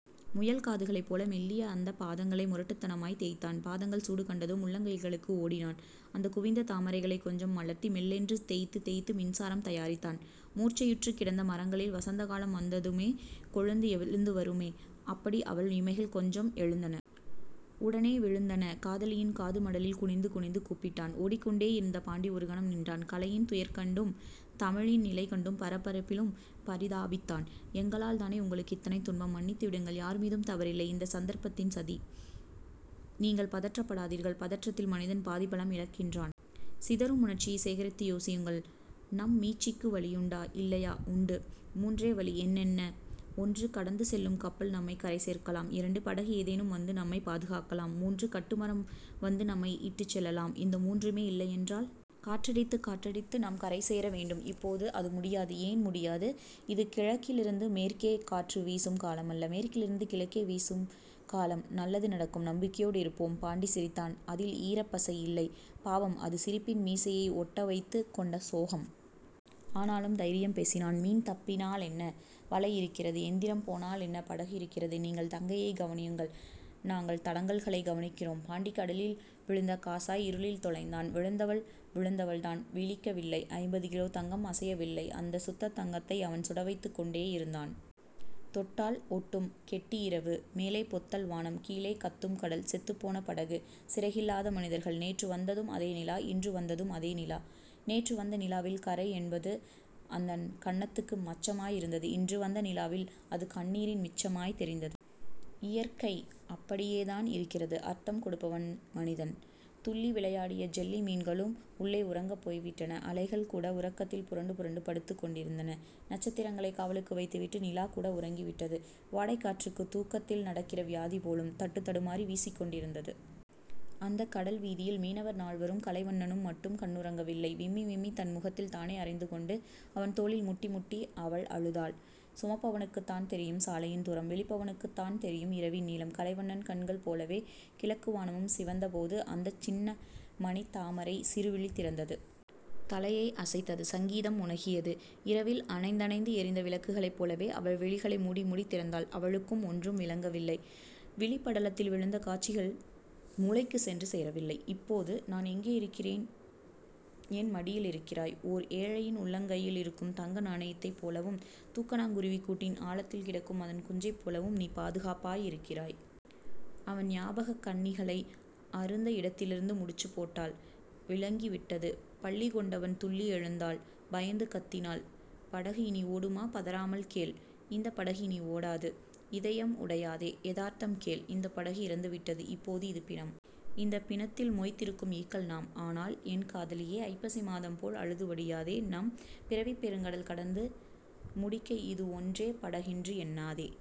முயல்காதுகளைப் போல மெல்லிய அந்தப் பாதங்களை முரட்டுத்தனமாய்த் தேய்த்தான். பாதங்கள் சூடுகண்டதும் உள்ளங்கைகளுக்கு ஓடினான். அந்தக் குவிந்த தாமரைகளைக் கொஞ்சம் மலர்த்தி மெல்லென்று தேய்த்துத் தேய்த்து மின்சாரம் தயாரித்தான். முர்ச்சையுற்றுக் கிடந்த மரங்களில் வசந்தகாலம் வந்ததுமே கொழுந்து எழுந்துவருமே அப்படி அவள் இமைகள் கொஞ்சம் எழுந்தன. உடனே விழுந்தன. காதலியின் காதுமடலில் குனிந்து குனிந்து கூப்பிட்டான். ஓடிக்கொண்டேயிருந்த பாண்டி ஒருகணம் நின்றான். கலையின் துயர் கண்டும் தமிழின் நிலைகண்டும் பரபரப்பிலும் பரிதாபித்தான். எங்களால்தானே உங்களுக்கு இத்தனை துன்பம்? மன்னித்து விடுங்கள். யார் மீதும் தவறில்லை. இது சந்தர்ப்பத்தின் சதி. நீங்கள் பதற்றப்படாதீர்கள். பதற்றத்தில் மனிதன் பாதிபலம் இழக்கிறான். சிதறும் உணர்ச்சியைச் சேகரித்து யோசியுங்கள். நம் மீட்சிக்கு வழியுண்டா இல்லையா? உண்டு. முன்றே வழி... என்னென்ன? ஒன்று. கடந்து செல்லும் கப்பல் நம்மைக் கரை சேர்க்கலாம். இரண்டு. படகு ஏதேனும் வந்து நம்மைப் பாதுகாக்கலாம். முன்று. கட்டுமரம் வந்து நம்மை இட்டுச் செல்லலாம். இந்த முன்றுமே இல்லையென்றால்..? காற்றடித்துக் காற்றடித்து நாம் கரைசேர வேண்டும். இப்போது அது முடியாது. ஏன் முடியாது? இது கிழக்கிலிருந்து மேற்கே காற்றுவீசும் காலமல்ல. மேற்கிலிருந்து கிழக்கே காற்றுவீசும் காலம். நல்லது நடக்கும். நம்பிக்கையோடிருப்போம். பாண்டி சிரித்தான். அதில் ஈரப்பசை இல்லை. பாவம். அது சிரிப்பின் மீசையை ஒட்டவைத்துக் கொண்ட சோகம். ஆனாலும் தைரியம் பேசினான். மீன் தப்பினாலென்ன? வலை இருக்கிறது. எந்திரம் போனாலென்ன? படகு இருக்கிறது. நீங்கள் தங்கையைக் கவனியுங்கள். நாங்கள் தடங்கல்களைக் கவனிக்கிறோம். பாண்டி கடலில் விழுந்த காசாய் இருளில் தொலைந்தான். விழுந்தவள் விழுந்தவள்தான். விழிக்கவில்லை. ஐம்பது கிலோ தங்கம் அசையவில்லை. அந்தச் சுத்தத் தங்கத்தை அவன் சுடவைத்துக் கொண்டேயிருந்தான். தொட்டால் ஒட்டும் கெட்டி இரவு. மேலே பொத்தல் வானம். கீழே கத்தும் கடல். செத்துப் போன படகு. சிறகில்லாத மனிதர்கள். நேற்று வந்ததும் அதே நிலா. இன்று வந்ததும் அதே நிலா. நேற்று வந்த நிலாவில் கறை என்பது அதன் கன்னத்து மச்சமாய் இருந்தது. இன்று வந்த நிலாவில் அது கண்ணீரின் மிச்சமாய்த் தெரிந்தது. இயற்கை அப்படியேதான் இருக்கிறது. அர்த்தம் கொடுப்பவன் மனிதன். துள்ளி விளையாடிய ஜெல்லி மீன்களும் உள்ளே உறங்கப் போய்விட்டன. அலைகள்கூட உறக்கத்தில் புரண்டு புரண்டு படுத்துக் கொண்டிருந்தன. நட்சத்திரங்களைக் காவலுக்கு வைத்துவிட்டு நிலாகூட உறங்கிவிட்டது. வாடைக் காற்றுக்குத் தூக்கத்தில் நடக்கிற வியாதி போலும். தட்டுத் தடுமாறி வீசிக்கொண்டிருந்தது. அந்தக் கடல்வீதியில் மீனவர் நால்வரும் கலைவண்ணனும் மட்டும் கண்ணுறங்கவில்லை. விம்மிவிம்மித் தன் முகத்தில் தானே அறைந்துகொண்டு, அவன் தோளில் முட்டிமுட்டி அவள் அழுதாள். சுமப்பவனுக்குத்தான் தெரியும் சாலையின் தூரம். விழிப்பவனுக்குத்தான் தெரியும் இரவின் நீளம். கலைவண்ணன் கண்கள் போலவே கிழக்கு வானமும் சிவந்தபோது அந்தச் சின்னமணித்தாமரை சிறுவிழி திறந்தது. தலையை அசைத்தது. சங்கீதம் முனகியது. இரவில் அணைந்தணைந்து எரிந்த விளக்குகளைப் போலவே அவள் விழிகளை முடிமுடித் திறந்தாள். அவளுக்கு ஒன்றும் விளங்கவில்லை. விழிப்படலத்தில் விழுந்த காட்சிகள் முளைக்குச் சென்று சேரவில்லை. இப்போது நான் எங்கிருக்கிறேன்? என் மடியிலிருக்கிறாய். ஓர் ஏழையின் உள்ளங்கையிலிருக்கும் தங்க நாணயத்தைப் போலவும் தூக்கணாங்குருவிக் கூட்டின் ஆழத்தில் கிடக்கும் அதன் குஞ்சைப் போலவும் நீ பாதுகாப்பாயிருக்கிறாய். அவள் ஞாபகக் கண்ணிகளை அறுந்த இடத்திலிருந்து முடிச்சுப் போட்டாள். விளங்கிவிட்டது. பள்ளி கொண்டவள் துள்ளி எழுந்தாள். பயந்து கத்தினாள். படகு இனி ஓடுமா? பதறாமல் கேள். இந்தப் படகு இனி ஓடாது. இதயம் உடையாதே. எதார்த்தம் கேள். இந்தப் படகு இறந்துவிட்டது. இப்போது இது பிணம். இந்தப் பிணத்தில் மொய்த்திருக்கும் ஈக்கள் நாம். ஆனால், என் காதலியே. ஐப்பசி மாதம்போல் அழுது வடியாதே. நம் பிறவிப் பெருங்கடல் கடந்து முடிக்க இதுவொன்றே படகென்று எண்ணாதே.